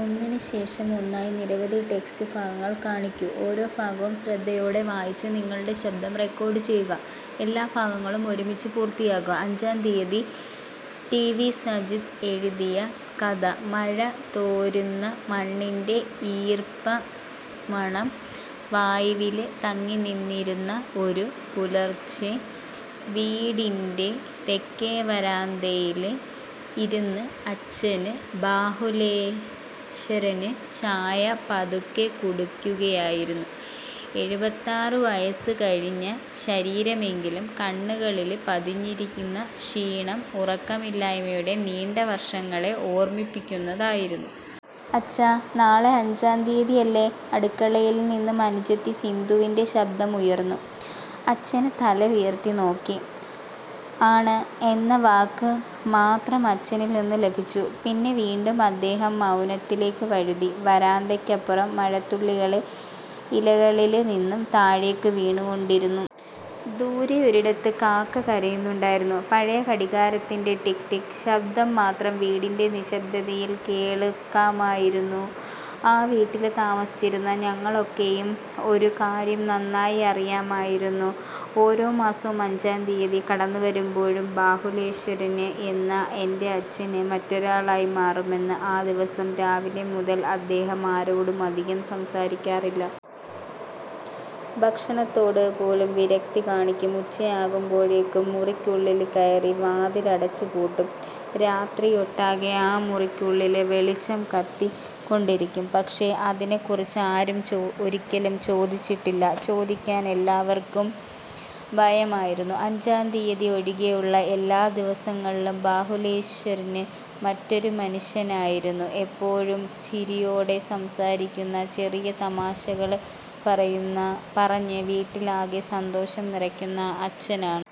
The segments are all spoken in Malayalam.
അഞ്ചാം തീയതി ടിവി സജിത് എഴുതിയ കഥ മഴ തോര്ന്ന മണ്ണിന്റെ ഈര്പ്പുമണം വായുവില് തങ്ങിനിന്നിരുന്ന ഒരു പുലര്ച്ചെ. വീടിന്റെ തെക്കേ വരാന്തയില് ഇരുന്ന് അച്ഛന്, ബാഹുലേശ്വരന് ചായ പതുക്കെ കുടിക്കുകയായിരുന്നു. എഴുപത്താറ് വയസ്സ് കഴിഞ്ഞ ശരീരമെങ്കിലും, കണ്ണുകളില് പതിഞ്ഞിരുന്ന ക്ഷീണം ഉറക്കമില്ലായ്മയുടെ നീണ്ട വര്ഷങ്ങളെ ഓര്മ്മിപ്പിക്കുന്നതായിരുന്നു. ''അച്ഛാ... നാളെ അഞ്ചാം തീയതിയല്ലേ? '' അടുക്കളയില് നിന്നും അനുജത്തി സിന്ധുവിന്റെ ശബ്ദം ഉയര്ന്നു. അച്ഛന് തല ഉയര്ത്തി നോക്കി. ''ആണ്... ' എന്ന വാക്ക് മാത്രം അച്ഛനില് നിന്നും ലഭിച്ചു. പിന്നെ വീണ്ടും അദ്ദേഹം മൗനത്തിലേക്ക് വഴുതി. വരാന്തയ്ക്കപ്പുറം മഴത്തുള്ളികള് ഇലകളില് നിന്ന് താഴേക്ക് വീണുകൊണ്ടിരുന്നു. ദൂരെയൊരിടത്ത് കാക്ക കരയുന്നുണ്ടായിരുന്നു. പഴയ ഘടികാരത്തിന്റെ ടിക്... ടിക്... ശബ്ദം മാത്രം വീടിന്റെ നിശബ്ദതയില് കേള്ക്കാമായിരുന്നു. ആ വീട്ടില് താമസിച്ചിരുന്ന ഞങ്ങള്ക്കൊക്കെയും ഒരു കാര്യം നന്നായി അറിയാമായിരുന്നു ഓരോ മാസവും അഞ്ചാം തീയതി കടന്നുവരുമ്പോള് ബാഹുലേശ്വരന് എന്ന എന്റച്ഛന് മറ്റൊരാളായി മാറുമെന്ന്. ആ ദിവസം രാവിലെ മുതല് അദ്ദേഹം ആരോടും അധികം സംസാരിക്കാറില്ല. ഭക്ഷണത്തോട് പോലും വിരക്തി കാണിക്കും. ഉച്ചയാകുമ്പോഴേക്കും മുറിക്കുള്ളില് കയറി വാതില് അടച്ചുപൂട്ടും. രാത്രിയൊട്ടാകെ ആ മുറിക്കുള്ളില് വെളിച്ചം കത്തിക്കൊണ്ടിരിക്കും. പക്ഷേ, അതിനെക്കുറിച്ച് ആരും ഒരിക്കലും ചോദിച്ചിട്ടില്ല. ചോദിക്കാന് എല്ലാവര്ക്കും ഭയമായിരുന്നു. അഞ്ചാം തീയതി ഒഴികെയുള്ള എല്ലാ ദിവസങ്ങളിലും ബാഹുലേശ്വരന് മറ്റൊരു മനുഷ്യനായിരുന്നു. എപ്പോഴും ചിരിയോടെ സംസാരിക്കുന്ന, ചെറിയ തമാശകള് പറഞ്ഞ് വീട്ടിലാകെ സന്തോഷം നിറയ്ക്കുന്ന അച്ഛന് ആണ്.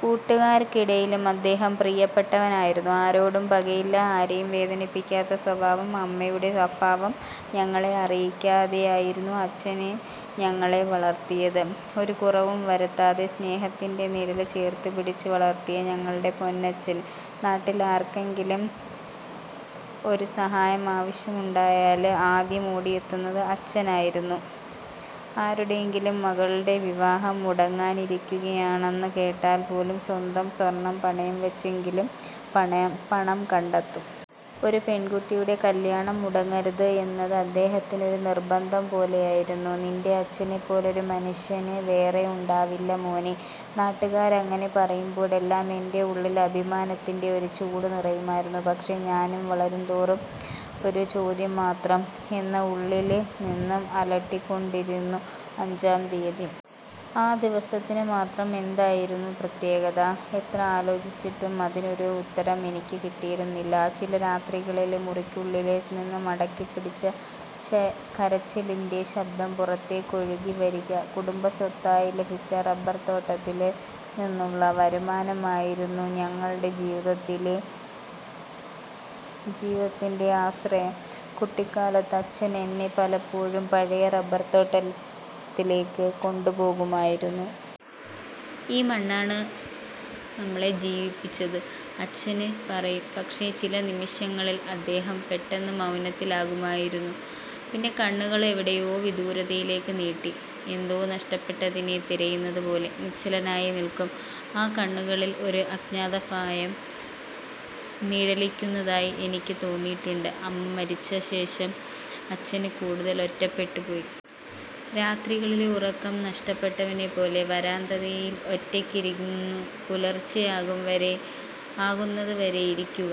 കൂട്ടുകാര്ക്കിടയിലും അദ്ദേഹം പ്രിയപ്പെട്ടവനായിരുന്നു. ആരോടും പകയില്ല, ആരെയും വേദനിപ്പിക്കാത്ത സ്വഭാവം. അമ്മയുടെ അഭാവം ഞങ്ങളെ അറിയിക്കാതെയായിരുന്നു അച്ഛന് ഞങ്ങളെ വളര്ത്തിയത്. ഒരു കുറവും വരുത്താതെ, സ്നേഹത്തിന്റെ നിഴലില് ചേര്ത്തുപിടിച്ച് വളര്ത്തിയ ഞങ്ങളുടെ പൊന്നച്ഛന്. നാട്ടില് ആര്ക്കെങ്കിലും ഒരു സഹായം ആവശ്യമുണ്ടായാല് ആദ്യം ഓടിയെത്തുന്നത് അച്ഛനായിരുന്നു. ആരുടെയെങ്കിലും മകളുടെ വിവാഹം മുടങ്ങാനിരിക്കുകയാണെന്ന് കേട്ടാല് പോലും, സ്വന്തം സ്വര്ണം പണയം വെച്ചെങ്കിലും പണം കണ്ടെത്തും. ''ഒരു പെണ്കുട്ടിയുടെ കല്യാണം മുടങ്ങരുത്... ' എന്നത് അദ്ദേഹത്തിന് ഒരു നിര്ബന്ധം പോലെയായിരുന്നു. ''നിന്റെ അച്ഛനെ പോലൊരു മനുഷ്യന് വേറെ ഉണ്ടാവില്ല മോനേ... ' നാട്ടുകാര് അങ്ങനെ പറയുമ്പോഴെല്ലാം എന്റെ ഉള്ളില് അഭിമാനത്തിന്റെ ഒരു ചൂട് നിറയുമായിരുന്നു. പക്ഷേ, ഞാന് വളരുന്നതോറും ഒരു ചോദ്യമാത്രം എന്നെ ഉള്ളില്നിന്ന് അലട്ടിക്കൊണ്ടിരുന്നു, അഞ്ചാം തീയതി. ആ ദിവസത്തിന് മാത്രം എന്തായിരുന്നു പ്രത്യേകത? എത്ര ആലോചിച്ചിട്ടും അതിന് ഒരു ഉത്തരം എനിക്ക് കിട്ടിയിരുന്നില്ല. ചില രാത്രികളില് മുറിക്കുള്ളില് നിന്ന് അടക്കിപ്പിടിച്ച കരച്ചിലിന്റെ ശബ്ദം പുറത്തേക്ക് ഒഴുകിവരിക... കുടുംബസ്വത്തായി ലഭിച്ച റബ്ബര്തോട്ടത്തില് നിന്നുള്ള വരുമാനമായിരുന്നു ഞങ്ങളുടെ ജീവിതത്തിന്റെ ആശ്രയം. കുട്ടിക്കാലത്ത് അച്ഛന് എന്നെ പലപ്പോഴും പഴയ റബ്ബര്തോട്ടത്തിലേക്ക് കൊണ്ടുപോകുമായിരുന്നു. ''ഈ മണ്ണാണ് നമ്മളെ ജീവിപ്പിച്ചത്... ' അച്ഛന് പറയും. പക്ഷേ ചില നിമിഷങ്ങളില് അദ്ദേഹം പെട്ടെന്ന് മൗനത്തിലാകുമായിരുന്നു. പിന്നെ കണ്ണുകള് എവിടെയോ വിദൂരതയിലേക്ക് നീട്ടി, എന്തോ നഷ്ടപ്പെട്ടതിനെ തിരയുന്നതുപോലെ നിശ്ചലനായി നില്ക്കും. ആ കണ്ണുകളില് ഒരു അജ്ഞാതഭയം നിഴലിക്കുന്നതായി എനിക്ക് തോന്നിയിട്ടുണ്ട്. അമ്മ മരിച്ചശേഷം അച്ഛന് കൂടുതല് ഒറ്റപ്പെട്ടുപോയി. രാത്രികളില് ഉറക്കം നഷ്ടപ്പെട്ടവനെപ്പോലെ വരാന്തയില് ഒറ്റയ്ക്കിരുന്നു പുലര്ച്ചെയാകുന്നത് വരെ ഇരിക്കുക...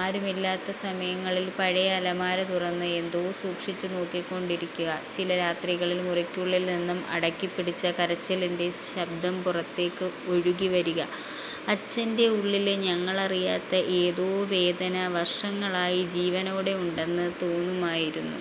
ആരുമില്ലാത്ത സമയങ്ങളില് പഴയ അലമാര തുറന്ന് എന്തോ സൂക്ഷിച്ചു നോക്കിക്കൊണ്ടിരിക്കുക... ചില രാത്രികളില് മുറിക്കുള്ളില് നിന്ന് അടക്കിപ്പിടിച്ച കരച്ചിലിന്റെ ശബ്ദം പുറത്തേക്ക് ഒഴുകിവരിക... അച്ഛന്റെ ഉള്ളില് ഞങ്ങള്ക്കറിയാത്ത ഏതോ വേദന വര്ഷങ്ങളായി ജീവനോടെ ഉണ്ടെന്ന് തോന്നുമായിരുന്നു.